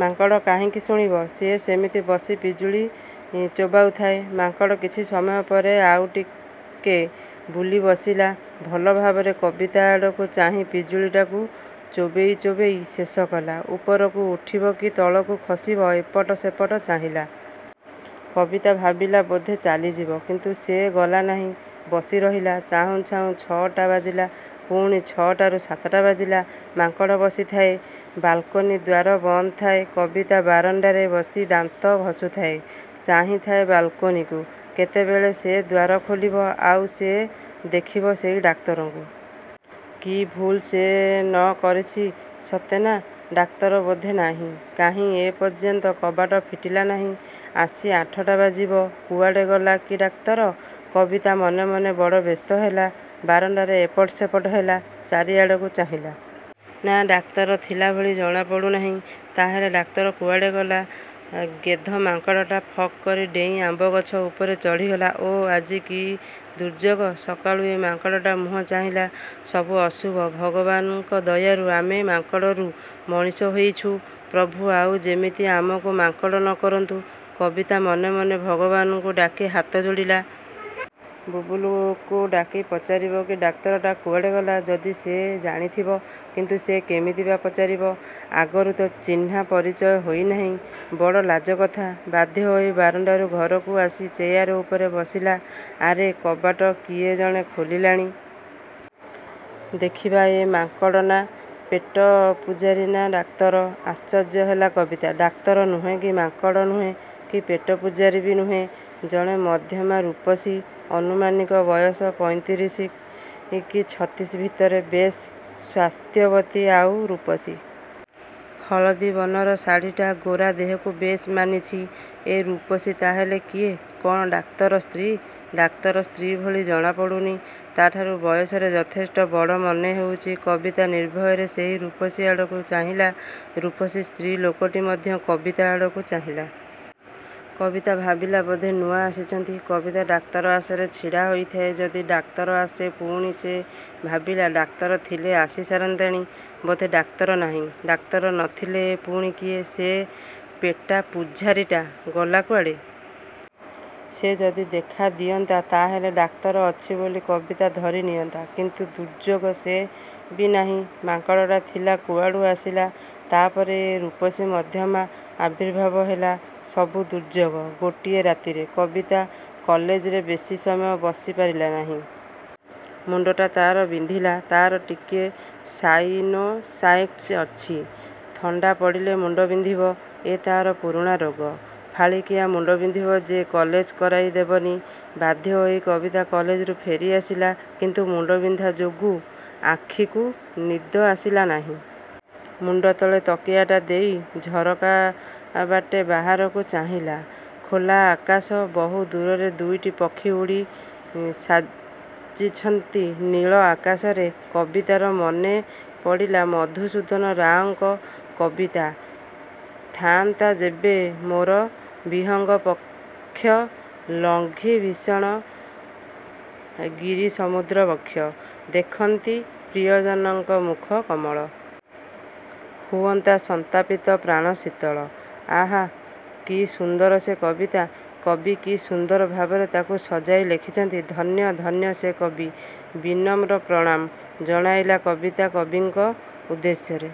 ମାଙ୍କଡ଼ କାହିଁକି ଶୁଣିବ? ସେ ସେମିତି ବସି ପିଜୁଳି ଚୋବାଉଥାଏ। ମାଙ୍କଡ଼ କିଛି ସମୟ ପରେ ଆଉଟିକେ ବୁଲି ବସିଲା। ଭଲ ଭାବରେ କବିତା ଆଡ଼କୁ ଚାହିଁ ପିଜୁଳିଟାକୁ ଚୋବେଇ ଚୋବେଇ ଶେଷ କଲା। ଉପରକୁ ଉଠିବ କି ତଳକୁ ଖସିବ, ଏପଟ ସେପଟ ଚାହିଁଲା। କବିତା ଭାବିଲା ବୋଧେ ଚାଲିଯିବ। କିନ୍ତୁ ସେ ଗଲା ନାହିଁ। ବସି ରହିଲା। ଚାହୁଁ ଚାହୁଁ ଛଅଟା ବାଜିଲା। ପୁଣି ଛଅଟାରୁ ସାତଟା ବାଜିଲା। ମାଙ୍କଡ଼ ବସିଥାଏ। ବାଲ୍କୋନି ଦ୍ୱାର ବନ୍ଦଥାଏ। କବିତା ବାରଣ୍ଡାରେ ବସି ଦାନ୍ତ ଘଷୁଥାଏ, ଚାହିଁଥାଏ ବାଲକୋନିକୁ। କେତେବେଳେ ସେ ଦ୍ୱାର ଖୋଲିବ, ଆଉ ସେ ଦେଖିବ ସେହି ଡାକ୍ତରକୁ। କି ଭୁଲ୍ ସେ ନ କରିଛି ସତେ ନାଁ, ଡାକ୍ତର ବୋଧେ ନାହିଁ। କାହିଁ ଏ। ପର୍ଯ୍ୟନ୍ତ କବାଟ ଫିଟିଲା ନାହିଁ। ଆସି ଆଠଟା ବାଜିବ। କୁଆଡ଼େ ଗଲା କି ଡାକ୍ତର? କବିତା ମନେ ମନେ ବଡ଼ ବ୍ୟସ୍ତ ହେଲା। ବାରଣ୍ଡାରେ ଏପଟ ସେପଟ ହେଲା, ଚାରିଆଡ଼କୁ ଚାହିଁଲା। ନାଁ ଡାକ୍ତର ଥିଲାଭଳି ଜଣା ପଡ଼ୁନାହିଁ। ତା'ହେଲେ ଡାକ୍ତର କୁଆଡ଼େ ଗଲା? ଗେଧମାଙ୍କଡ଼ଟା ଫକ କରି ଡେଇଁ ଆମ୍ୱ ଗଛ ଉପରେ ଚଢ଼ିଗଲା। ଓଃ ଆଜି କି ଦୁର୍ଯ୍ୟୋଗ! ସକାଳୁ ଏ ମାଙ୍କଡ଼ଟା ମୁହଁ ଚାହିଁଲା। ସବୁ ଅଶୁଭ, ଭଗବାନଙ୍କ ଦୟାରୁ ଆମେ ମାଙ୍କଡ଼ରୁ ମଣିଷ ହୋଇଛୁ; ପ୍ରଭୁ ଆଉ ଯେମିତି ଆମକୁ ମାଙ୍କଡ଼ ନ କରନ୍ତୁ, କବିତା ମନେ ମନେ ଭଗବାନକୁ ଡାକି ହାତ ଯୋଡ଼ିଲା। ବୁବୁଲୁକୁ ଡାକି ପଚାରିବ କି; ଡାକ୍ତରଟା କୁଆଡ଼େ ଗଲା-ଯଦି ସେ ଜାଣିଥିବ। କିନ୍ତୁ ସେ କେମିତି ବା ପଚାରିବ। ଆଗରୁ ତ ଚିହ୍ନା ପରିଚୟ ହୋଇନାହିଁ, ବଡ଼ ଲାଜ କଥା। ବାଧ୍ୟ ହୋଇ ବାରଣ୍ଡାରୁ ଘରକୁ ଆସି ଚେୟାର ଉପରେ ବସିଲା। ଆରେ କବାଟ କିଏ ଜଣେ ଖୋଲିଲାଣି। ଦେଖିବା ଏ ମାଙ୍କଡ଼ ନା, ପେଟ ପୂଝାରୀ, ନା ଡାକ୍ତର। ଆଶ୍ଚର୍ଯ୍ୟ ହେଲା କବିତା। ଡାକ୍ତର ନୁହେଁ, କି ମାଙ୍କଡ଼ ନୁହେଁ, କି ପେଟ ପୂଝାରୀ ବି ନୁହେଁ। ଜଣେ ମଧ୍ୟମା ରୂପସୀ। ଆନୁମାନିକ ବୟସ ପଇଁତିରିଶି, କି ଛତିଶି ଭିତରେ। ବେଶ୍ ସ୍ୱାସ୍ଥ୍ୟବତୀ। ଆଉ ରୂପସୀ। ହଳଦୀ ବର୍ଣ୍ଣର ଶାଢ଼ୀଟା ଗୋରା ଦେହକୁ ବେଶ୍ ମାନିଛି। ଏ ରୂପସୀ ତା'ହେଲେ କିଏ? କ'ଣ ଡାକ୍ତର ସ୍ତ୍ରୀ? ଡାକ୍ତର ସ୍ତ୍ରୀ ଭଳି ଜଣା ପଡ଼ୁନି। ତା'ଠାରୁ ବୟସରେ ଯଥେଷ୍ଟ ବଡ଼ ମନେ ହେଉଛି। କବିତା ନିର୍ଭୟରେ ସେହି ରୂପସୀ ଆଡ଼କୁ ଚାହିଁଲା। ରୂପସୀ ସ୍ତ୍ରୀ ଲୋକଟି ମଧ୍ୟ କବିତା ଆଡ଼କୁ ଚାହିଁଲା। କବିତା ଭାବିଲା, ବୋଧେ ନୂଆ ଆସିଛନ୍ତି। କବିତା ଡାକ୍ତର ଆଶାରେ ଛିଡ଼ା ହୋଇଥାଏ। ଯଦି ଡାକ୍ତର ଆସେ। ପୁଣି ସେ ଭାବିଲା, ଡାକ୍ତର ଥିଲେ ଆସି ସାରନ୍ତାଣି। ବୋଧେ ଡାକ୍ତର ନାହିଁ। ଡାକ୍ତର ନ ଥିଲେ ଏ ପୁଣି କିଏ? ସେ ପେଟା ପୂଝାରୀଟା ଗଲା କୁଆଡ଼େ? ସେ ଯଦି ଦେଖା ଦିଅନ୍ତା ତା'ହେଲେ ଡାକ୍ତର ଅଛି ବୋଲି କବିତା ଧରି ନିଅନ୍ତା। କିନ୍ତୁ ଦୁର୍ଯ୍ୟୋଗ ସେ ବି ନାହିଁ। ମାଙ୍କଡ଼ଟା ଥିଲା କୁଆଡ଼ୁ ଆସିଲା ତା'ପରେ ଏ ରୂପସୀ ମଧ୍ୟମା ଆବିର୍ଭାବ ହେଲା। ସବୁ ଦୁର୍ଯ୍ୟୋଗ। ଗୋଟିଏ ରାତିରେ। କବିତା କଲେଜରେ ବେଶି ସମୟ ବସି ପାରିଲାନାହିଁ। ମୁଣ୍ଡଟା ତା'ର ବିନ୍ଧିଲା। ତା'ର ଟିକିଏ ସାଇନୋସାଇଟ୍ସ ଅଛି। ଥଣ୍ଡା ପଡ଼ିଲେ ମୁଣ୍ଡ ବିନ୍ଧିବ। ଏ ତା'ର ପୁରୁଣା ରୋଗ। ଫାଳିକିଆ ମୁଣ୍ଡ ବିନ୍ଧିବ ଯେ କଲେଜ କରାଇ ଦେବନି। ବାଧ୍ୟ ହୋଇ କବିତା କଲେଜରୁ ଫେରି ଆସିଲା। କିନ୍ତୁ ମୁଣ୍ଡବିନ୍ଧା ଯୋଗୁ ଆଖିକୁ ନିଦ ଆସିଲା ନାହିଁ। ମୁଣ୍ଡତଳେ ତକିଆଟା ଦେଇ ଝରକା ବାଟେ ବାହାରକୁ ଚାହିଁଲା। ଖୋଲା ଆକାଶ ବହୁ ଦୂରରେ ଦୁଇଟି ପକ୍ଷୀ ଉଡ଼ି ସାଜିଛନ୍ତି ନୀଳ ଆକାଶରେ। କବିତାର ମନେପଡ଼ିଲା ମଧୁସୂଦନ ରାଓଙ୍କ କବିତା- 'ଥା'ନ୍ତା ଯେବେ ମୋର ବିହଙ୍ଗ ପକ୍ଷ' ଲଙ୍ଘି ଭୀଷଣ ଗିରି ସମୁଦ୍ର ବକ୍ଷ। ଦେଖନ୍ତି ପ୍ରିୟଜନ ମୁଖ କମଳ। ହୁଅନ୍ତା ସନ୍ତାପିତ ପ୍ରାଣ ଶୀତଳ। ଆହାଃ। କି ସୁନ୍ଦର ସେ କବିତା। କବି କି ସୁନ୍ଦର ଭାବରେ ତା'କୁ ସଜାଇ ଲେଖିଛନ୍ତି। ଧନ୍ୟ ଧନ୍ୟ ସେ କବି। ବିନମ୍ର ପ୍ରଣାମ ଜଣାଇଲା କବିତା କବିଙ୍କ ଉଦ୍ଦେଶ୍ୟରେ।